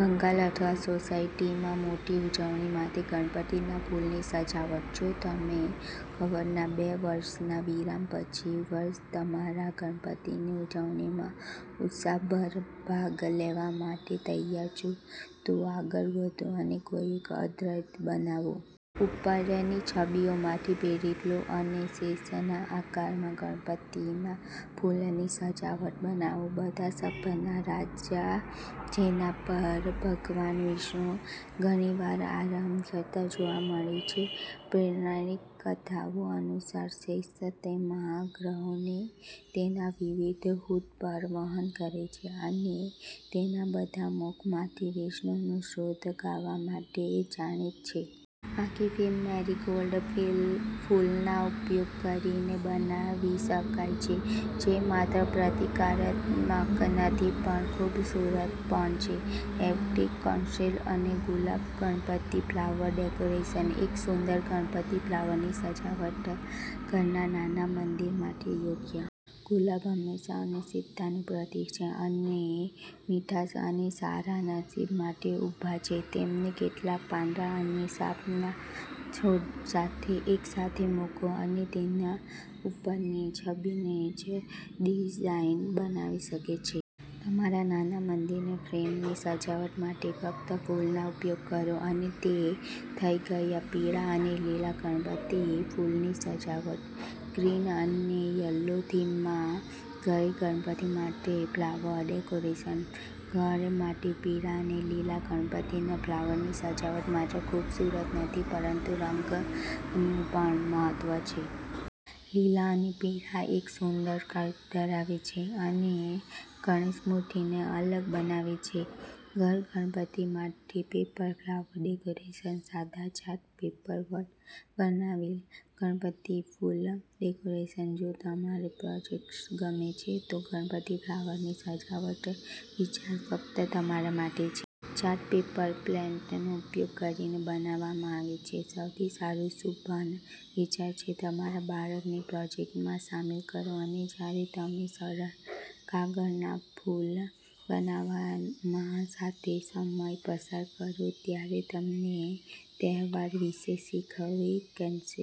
બંગાલ અથવા સોસાયટીમાં મોટી ઉજવણી માટે ગણપતિના ફૂલની સજાવટ. જો તમે અવરના બે વર્ષના વિરામ પછી વર્ષ તમારા ગણપતિની ઉજવણીમાં ઉત્સાહભર ભાગ લેવા માટે તૈયાર છો, તો આગળ વધો અને કોઈક અદ્ભુત બનાવો. ઉપરની છબીઓ માંથી પ્રેરીતો અને શેષાના આકારમાં ગણપતિના ફૂલની સજાવટ બનાવો. બધા સાપના રાજા જેના પર ભગવાન વિષ્ણુ ઘણીવાર આરામ કરતા જોવા મળે છે. પ્રેરરાણિક કથાઓ અનુસાર, શેષ તેમાં આ ગ્રહોને તેના વિવિધ હૂડ પર વહન કરે છે અને તેના બધા મુખમાંથી વિષ્ણુની શ્રોત ગાવા માટે જાણી છે. આખી ફ્રેમ મેરીગોલ્ડ ફિલ ફૂલના ઉપયોગ કરીને બનાવી શકાય છે જે માત્ર પ્રતીકાત્મક નથી પણ ખૂબસૂરત પણ છે. એર્કિડ, કાર્નેશન અને ગુલાબ ગણપતિ ફ્લાવર ડેકોરેશન. એક સુંદર ગણપતિ ફ્લાવર સજાવટ, ઘરના નાના મંદિર માટે યોગ્ય. ગુલાબ હંમેશા અને સિદ્ધાંત પ્રતી છે, અને મીઠાશ અને સારા નસીબ માટે ઊભા છે. તેમને કેટલાક પાંદડા અને સાપના છોડ સાથે એકસાથે મૂકો, અને તમે ઉપરની છબીની જે ડિઝાઇન બનાવી શકે છે. તમારા નાના મંદિરની ફ્રેમને સજાવટ માટે ફક્ત ફૂલનો ઉપયોગ કરો, અને તે થઈ ગયા પીળા અને લીલા ગણપતિ ફૂલોની સજાવટ. ગ્રીન અને યેલો થીમમાં ઘરે ગણપતિ માટે ફ્લાવર ડેકોરેશન. ઘર માટે પીળા અને લીલા ગણપતિના ફ્લાવરની સજાવટ માત્ર ખૂબસૂરત નથી પરંતુ રંગનું પણ મહત્વ છે. લીલો અને પીળો એક સુંદર કાન ધરાવે છે, અને ગણેશ મૂર્તિને અલગ બનાવે છે. ઘર ગણપતિ માટે પેપર ફ્લાવર ડેકોરેશન. સાદા ચાર્ટ પેપર વડે બનાવેલ ગણપતિ ફૂલ ડેકોરેશન. જો તમને પ્રોજેક્ટ્સ ગમે છે, તો ગણપતિ ફ્લાવર સજાવટ વિચાર ફક્ત તમારા માટે છે. ચાર્ટ પેપર, પ્લેન્ટનો ઉપયોગ કરીને બનાવવામાં આવે છે, સૌથી સારું સુભન વિચાર છે. તમારા બાળકોને પ્રોજેક્ટમાં સામેલ કરો અને જ્યારે તમે સરળ કાગળના ફૂલો બનાવવામાં સાથે સમય પસાર કરો ત્યારે તેમને તહેવાર વિશે શીખવે. કનશ